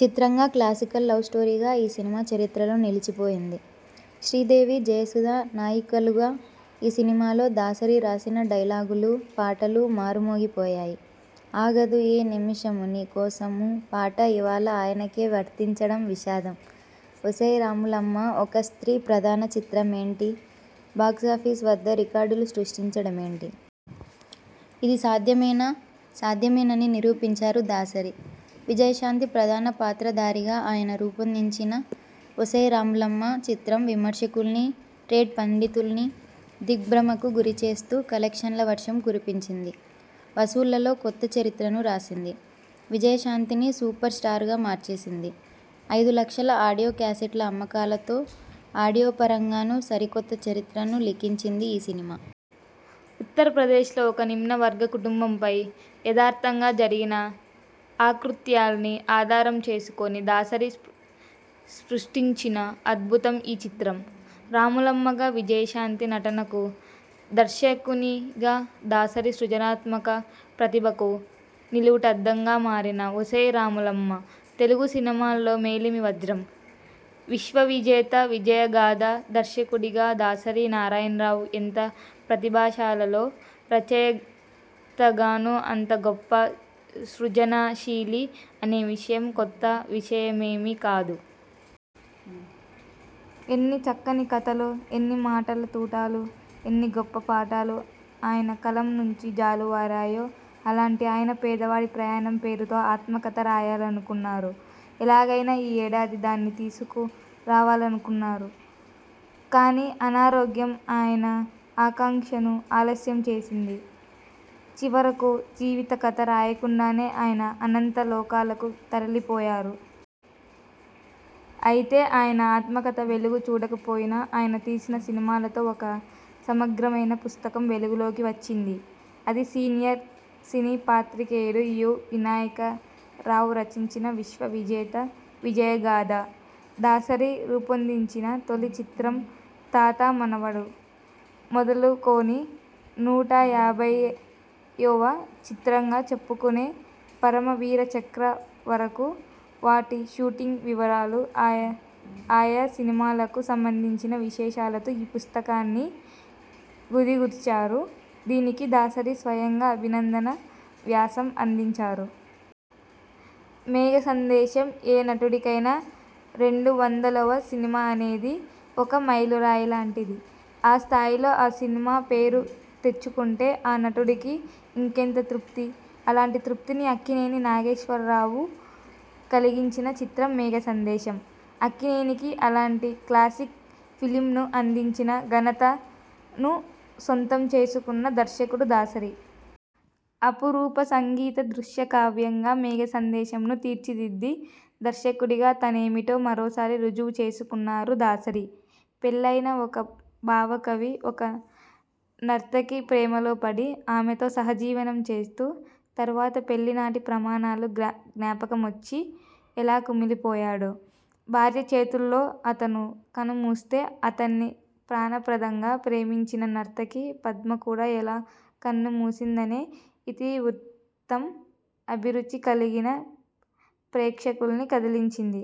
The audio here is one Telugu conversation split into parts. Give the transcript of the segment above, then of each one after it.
చిత్రంగా, క్లాసికల్ లవ్స్టోరీగా ఈ సినిమా చరిత్రలో నిలిచిపోయింది. శ్రీదేవి, జయసుధ నాయికలుగా ఈ సినిమాలో దాసరి రాసిన డైలాగులు, పాటలు మారుమోగి పోయాయి. 'ఆగదు ఏ నిమిషము నీ కోసమూ' పాట ఇవాళ ఆయనకే వర్తించడం విషాదం. ఒసేయ్ రాములమ్మా! ఒక స్త్రీ ప్రధాన చిత్రమేంటి బాక్సాఫీస్ వద్ద రికార్డులు సృష్టించడమేంటి? ఇది సాధ్యమేనా? సాధ్యమేనని నిరూపించారు దాసరి. విజయశాంతి ప్రధాన పాత్రధారిగా ఆయన రూపొందించిన 'ఒసేయ్ రాములమ్మా! ' చిత్రం విమర్శకుల్నీ, ట్రేడ్ పండితుల్నీ దిగ్భ్రమకు గురిచేస్తూ కలెక్షన్ల వర్షం కురిపించింది. వసూళ్లలో కొత్త చరిత్రను రాసింది. విజయశాంతిని సూపర్స్టార్గా మార్చేసింది. ఐదు లక్షల ఆడియో క్యాసెట్ల అమ్మకాలతో ఆడియోపరంగానూ సరికొత్త చరిత్రను లిఖించింది ఈ సినిమా. ఉత్తరప్రదేశ్ లో ఒక నిమ్నవర్గ కుటుంబంపై యథార్థంగా జరిగిన అకృత్యాల్ని ఆధారం చేసుకొని దాసరి సృష్టించిన అద్భుతం ఈ చిత్రం. రాములమ్మగా విజయశాంతి నటనకూ, దర్శకునిగా దాసరి సృజనాత్మక ప్రతిభకూ నిలువుటద్దంగా మారిన 'ఒసేయ్ రాములమ్మా! ' తెలుగు సినిమాల్లో మేలిమి వజ్రం. విశ్వవిజేత విజయగాథ దర్శకుడిగా దాసరి నారాయణరావు ఎంత ప్రతిభాశాలో, రచయితగానూ అంత గొప్ప సృజనశీలి అనే విషయం కొత్త విషయమేమీ కాదు. ఎన్ని చక్కని కథలు, ఎన్ని మాటల తూటాలు, ఎన్ని గొప్ప పాటలు ఆయన కలం నుంచి జాలువారాయో! అలాంటి ఆయన 'పేదవాడి ప్రయాణం' పేరుతో ఆత్మకథ రాయాలనుకున్నారు. ఎలాగైనా ఈ ఏడాది దాన్ని తీసుకు రావాలనుకున్నారు. కానీ అనారోగ్యం ఆయన ఆకాంక్షను ఆలస్యం చేసింది. చివరకు జీవిత కథ రాయకుండానే ఆయన అనంత లోకాలకు తరలిపోయారు. అయితే ఆయన ఆత్మకథ వెలుగు చూడకపోయినా, ఆయన తీసిన సినిమాలతో ఒక సమగ్రమైన పుస్తకం వెలుగులోకి వచ్చింది. అది సీనియర్ సినీ పాత్రికేయుడు యు. వినాయకరావు రచించిన 'విశ్వవిజేత విజయగాథ'. దాసరి రూపొందించిన తొలి చిత్రం 'తాత మనవడు' మొదలుకొని, నూట యాభైవ చిత్రంగా చెప్పుకొనే 'పరమవీరచక్ర' వరకూ, వాటి షూటింగ్ వివరాలు, ఆయా సినిమాలకు సంబంధించిన విశేషాలతో ఈ పుస్తకాన్ని గుదిగుచ్చారు దీనికి దాసరి స్వయంగా అభినందన వ్యాసం అందించారు. మేఘసందేశం ఏ నటుడికైనా రెండు వందలవ సినిమా అనేది ఒక మైలురాయి లాంటిది ఆ స్థాయిలో ఆ సినిమా పేరు తెచ్చుకొంటే ఆ నటుడికి ఇంకెంత తృప్తి. అలాంటి తృప్తిని అక్కినేని నాగేశ్వరరావుకు కలిగించిన చిత్రం 'మేఘసందేశం'. అక్కినేనికి అలాంటి క్లాసిక్ ఫిల్మ్ను అందించిన ఘనతను సొంతం చేసుకున్న దర్శకుడు దాసరి. అపురూప సంగీత దృశ్యకావ్యంగా 'మేఘసందేశం'ను తీర్చిదిద్ది దర్శకుడిగా తనేమిటో మరోసారి రుజువు చేసుకున్నారు దాసరి. పెళ్లయిన ఒక భావకవి ఒక నర్తకి ప్రేమలో పడి, ఆమెతో సహజీవనం చేస్తూ, తర్వాత పెళ్లినాటి ప్రమాణాలు జ్ఞాపకమొచ్చి ఎలా కుమిలిపోయాడు, భార్య చేతుల్లో అతను కనుమూస్తే, అతడ్ని ప్రాణప్రదంగా ప్రేమించిన నర్తకి పద్మ కూడా ఎలా కన్నుమూసిందనే ఇతివృత్తం అభిరుచి కలిగిన ప్రేక్షకుల్ని కదిలించింది.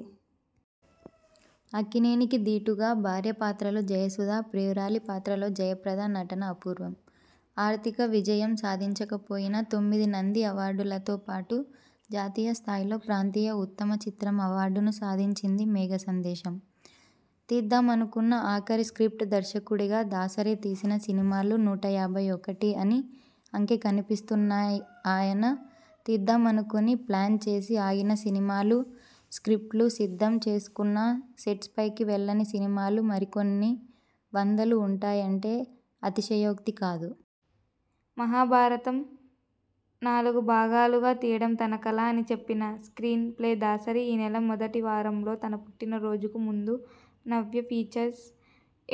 అక్కినేనికి దీటుగా భార్య పాత్రలో జయసుధ, ప్రియురాలి పాత్రలో జయప్రద నటన అపూర్వం. ఆర్థిక విజయం సాధించకపోయినా, తొమ్మిది నంది అవార్డులతో పాటు జాతీయ స్థాయిలో ప్రాంతీయ ఉత్తమ చిత్రం అవార్డును సాధించింది 'మేఘసందేశం'. తీద్దామనుకున్న ఆఖరి స్క్రిప్ట్ దర్శకుడిగా దాసరి తీసిన సినిమాలు నూటయాభై ఒకటి అని అంకె కనిపిస్తున్నాఆయన తీద్దామనుకొని, ప్లాన్ చేసి ఆగిన సినిమాలు, స్క్రిప్ట్లు సిద్ధం చేసుకున్నా సెట్స్ పైకి వెళ్ళని సినిమాలు మరికొన్ని వందలు ఉంటాయంటే అతిశయోక్తి కాదు. మహాభారతం నాలుగు భాగాలుగా తీయడం తన కల అని చెప్పిన స్క్రీన్ ప్లే దాసరి ఈ నెల మొదటి వారంలో తన పుట్టినరోజుకు ముందు నవ్య ఫీచర్స్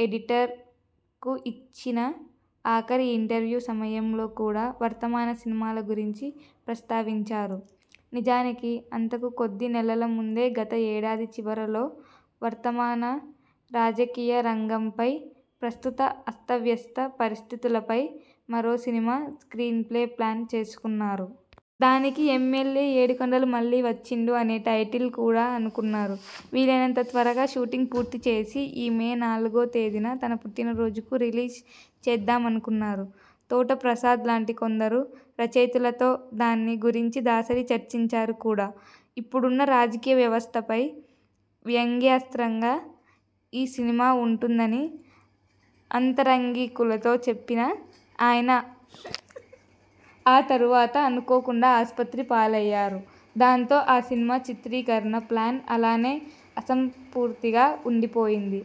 ఎడిటర్ కు ఇచ్చిన ఆఖరి ఇంటర్వ్యూ సమయంలో కూడా వర్తమాన సినిమాల గురించి ప్రస్తావించారు. నిజానికి, అంతకు కొద్ది నెలల ముందే గత ఏడాది చివరలో వర్తమాన రాజకీయ రంగంపై, ప్రస్తుత అస్తవ్యస్త పరిస్థితులపై మరో సినిమా స్క్రీన్ ప్లే ప్లాన చేసుకున్నారు. దానికి ఎమ్మెల్యే ఏడుకొండలు మళ్ళీ వచ్చిండు అనే టైటిల్ కూడా అనుకున్నారు. వీలైనంత త్వరగా షూటింగ్ పూర్తి చేసి, ఈ మే నాలుగో తేదీన తన పుట్టినరోజుకు రిలీజ్ చేద్దామనుకున్నారు. తోట ప్రసాద్ లాంటి కొందరు రచయితలతో దాని గురించి దాసరి చర్చించారు కూడా. ఇప్పుడున్న రాజకీయ వ్యవస్థపై వ్యంగ్యాస్త్రంగా ఈ సినిమా ఉంటుందని ఆంతరంగికులతో చెప్పిన ఆయన ఆ తరువాత అనుకోకుండా ఆసుపత్రి పాలయ్యారు. దాంతో, ఆ సినిమా చిత్రీకరణ ప్లాన అలానే అసంపూర్తిగా ఉండిపోయింది.